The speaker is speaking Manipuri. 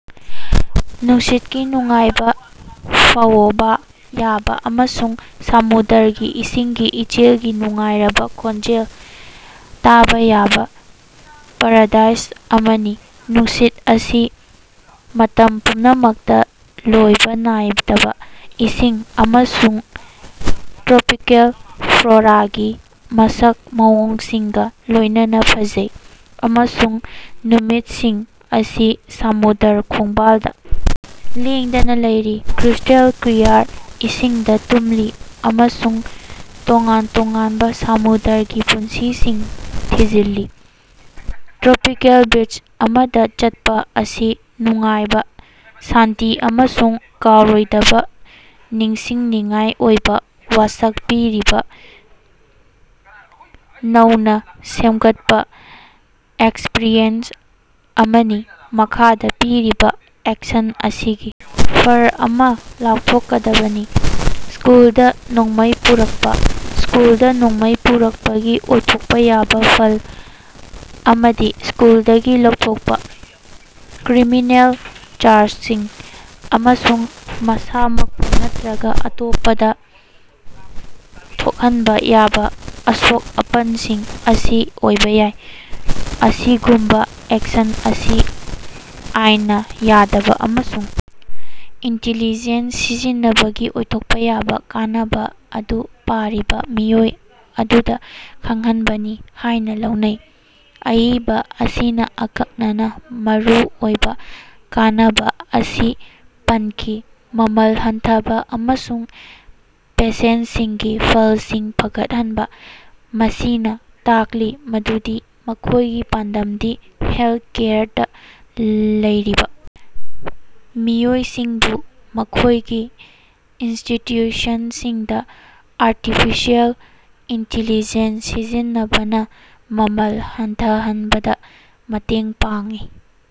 ꯅꯨꯡꯁꯤꯠꯀꯤ ꯅꯨꯡꯉꯥꯏꯕꯥ ꯐꯥꯑꯣꯕꯥ ꯌꯥꯕꯥ ꯑꯃꯁꯨꯡ ꯁꯃꯨꯗ꯭ꯔꯒꯤ ꯏꯁꯤꯡꯒꯤ ꯏꯆꯦꯜꯒꯤ ꯅꯨꯡꯉꯥꯏꯔꯕ ꯈꯣꯟꯖꯦꯜ ꯇꯥꯕ ꯌꯥꯕ ꯄꯥꯔꯥꯗꯥꯏꯁ ꯑꯃꯅꯤ꯫ ꯅꯨꯡꯁꯤꯠ ꯑꯁꯤ ꯃꯇꯝ ꯄꯨꯝꯅꯃꯛꯇ ꯂꯣꯏꯕ ꯅꯥꯏꯗꯕ ꯏꯁꯤꯡ ꯑꯃꯁꯨꯡ ꯇ꯭ꯔꯣꯄꯤꯀꯦꯜ ꯐ꯭ꯂꯣꯔꯥꯒꯤ ꯃꯁꯛ ꯃꯑꯣꯡꯁꯤꯡꯒ ꯂꯣꯏꯅꯅ ꯐꯖꯩ, ꯑꯃꯁꯨꯡ ꯅꯨꯃꯤꯠꯁꯤꯡ ꯑꯁꯤ ꯁꯃꯨꯗ꯭ꯔ ꯈꯣꯡꯕꯥꯜꯗ ꯂꯦꯡꯗꯅ ꯂꯩꯔꯤ, ꯀ꯭ꯔꯤꯁꯇꯦꯜ ꯀ꯭ꯂꯤꯌꯥꯔ ꯏꯁꯤꯡꯗ ꯇꯨꯝꯂꯤ ꯑꯃꯁꯨꯡ ꯇꯣꯉꯥꯟ ꯇꯣꯉꯥꯟꯕ ꯁꯃꯨꯗ꯭ꯔꯒꯤ ꯄꯨꯟꯁꯤꯁꯤꯡ ꯊꯤꯖꯤꯜꯂꯤ꯫ ꯇ꯭ꯔꯣꯄꯤꯀꯦꯜ ꯕꯤꯆ ꯑꯃꯗ ꯆꯠꯄ ꯑꯁꯤ ꯅꯨꯡꯉꯥꯏꯕ, ꯁꯥꯟꯇꯤ ꯑꯃꯁꯨꯡ ꯀꯥꯎꯔꯣꯏꯗꯕ ꯅꯤꯡꯁꯤꯡꯅꯤꯡꯉꯥꯏ ꯑꯣꯏꯕ ꯋꯥꯁꯛ ꯄꯤꯔꯤꯕ ꯅꯧꯅ ꯁꯦꯝꯒꯠꯄ ꯑꯦꯛꯁꯄ꯭ꯔꯤꯌꯦꯟꯁ ꯑꯃꯅꯤ꯫ ꯃꯈꯥꯗ ꯄꯤꯔꯤꯕ ꯑꯦꯛꯁꯟ ꯑꯁꯤꯒꯤ ꯐꯜ ꯑꯃ ꯂꯥꯎꯊꯣꯛꯀꯗꯕꯅꯤ꯫ ꯁ꯭ꯀꯨꯜꯗ ꯅꯣꯡꯃꯩ ꯄꯨꯔꯛꯄ꯫ ꯁ꯭ꯀꯨꯜꯗ ꯅꯣꯡꯃꯩ ꯄꯨꯔꯛꯄꯒꯤ ꯑꯣꯏꯊꯣꯛꯄ ꯌꯥꯕ ꯐꯜ ꯑꯃꯗꯤ ꯁ꯭ꯀꯨꯜꯗꯒꯤ ꯂꯧꯊꯣꯛꯄ, ꯀ꯭ꯔꯤꯃꯤꯅꯦꯜ ꯆꯥꯔꯖꯁꯤꯡ, ꯑꯃꯁꯨꯡ ꯃꯁꯥꯃꯛꯄꯨ ꯅꯠꯇꯔꯒ ꯑꯇꯣꯞꯄꯗ ꯊꯣꯛꯍꯟꯕ ꯌꯥꯕ ꯑꯁꯣꯛ-ꯑꯄꯟꯁꯤꯡ ꯑꯁꯤ ꯑꯣꯏꯕ ꯌꯥꯏ꯫ ꯑꯁꯤꯒꯨꯝꯕ ꯑꯦꯛꯁꯟ ꯑꯁꯤ ꯑꯥꯏꯟꯅ ꯌꯥꯗꯕ ꯑꯃꯁꯨꯡ ꯏꯟꯇꯤꯂꯤꯖꯦꯟꯁ ꯁꯤꯖꯤꯟꯅꯕꯒꯤ ꯑꯣꯏꯊꯣꯛꯄ ꯌꯥꯕ ꯀꯥꯟꯅꯕ ꯑꯗꯨ ꯄꯥꯔꯤꯕ ꯃꯤꯑꯣꯏ ꯑꯗꯨꯗ ꯈꯪꯍꯟꯕꯅꯤ ꯍꯥꯥꯏꯅ ꯂꯧꯅꯩ꯫ ꯑꯏꯕ ꯑꯁꯤꯅ ꯑꯀꯛꯅꯅ ꯃꯔꯨꯑꯣꯏꯕ ꯀꯥꯟꯅꯕ ꯑꯅꯤ ꯄꯟꯈꯤ - ꯃꯃꯜ ꯍꯟꯊꯕ ꯑꯃꯁꯨꯡ ꯄꯦꯁꯦꯟꯠꯁꯤꯡꯒꯤ ꯐꯜꯁꯤꯡ ꯐꯒꯠꯍꯟꯕ, ꯃꯁꯤꯅ‌ ꯇꯥꯛꯂꯤ ꯃꯗꯨꯗꯤ ꯃꯈꯣꯏꯒꯤ ꯄꯥꯟꯗꯝꯗꯤ ꯍꯦꯜꯊꯀꯦꯌꯔꯗ ꯂꯩꯔꯤꯕ ꯃꯤꯑꯣꯏꯁꯤꯡꯕꯨ ꯃꯈꯣꯏꯒꯤ ꯏꯟꯁꯇꯤꯇ꯭ꯌꯨꯁꯟꯁꯤꯡꯗ ꯑꯥꯔꯇꯤꯐꯤꯁꯤꯑꯦꯜ ꯏꯟꯇꯤꯂꯤꯖꯦꯟꯁ ꯁꯤꯖꯤꯟꯅꯕꯅ ꯃꯃꯜ ꯍꯟꯊꯍꯟꯕꯗ ꯃꯇꯦꯡ ꯄꯥꯡꯉꯤ꯫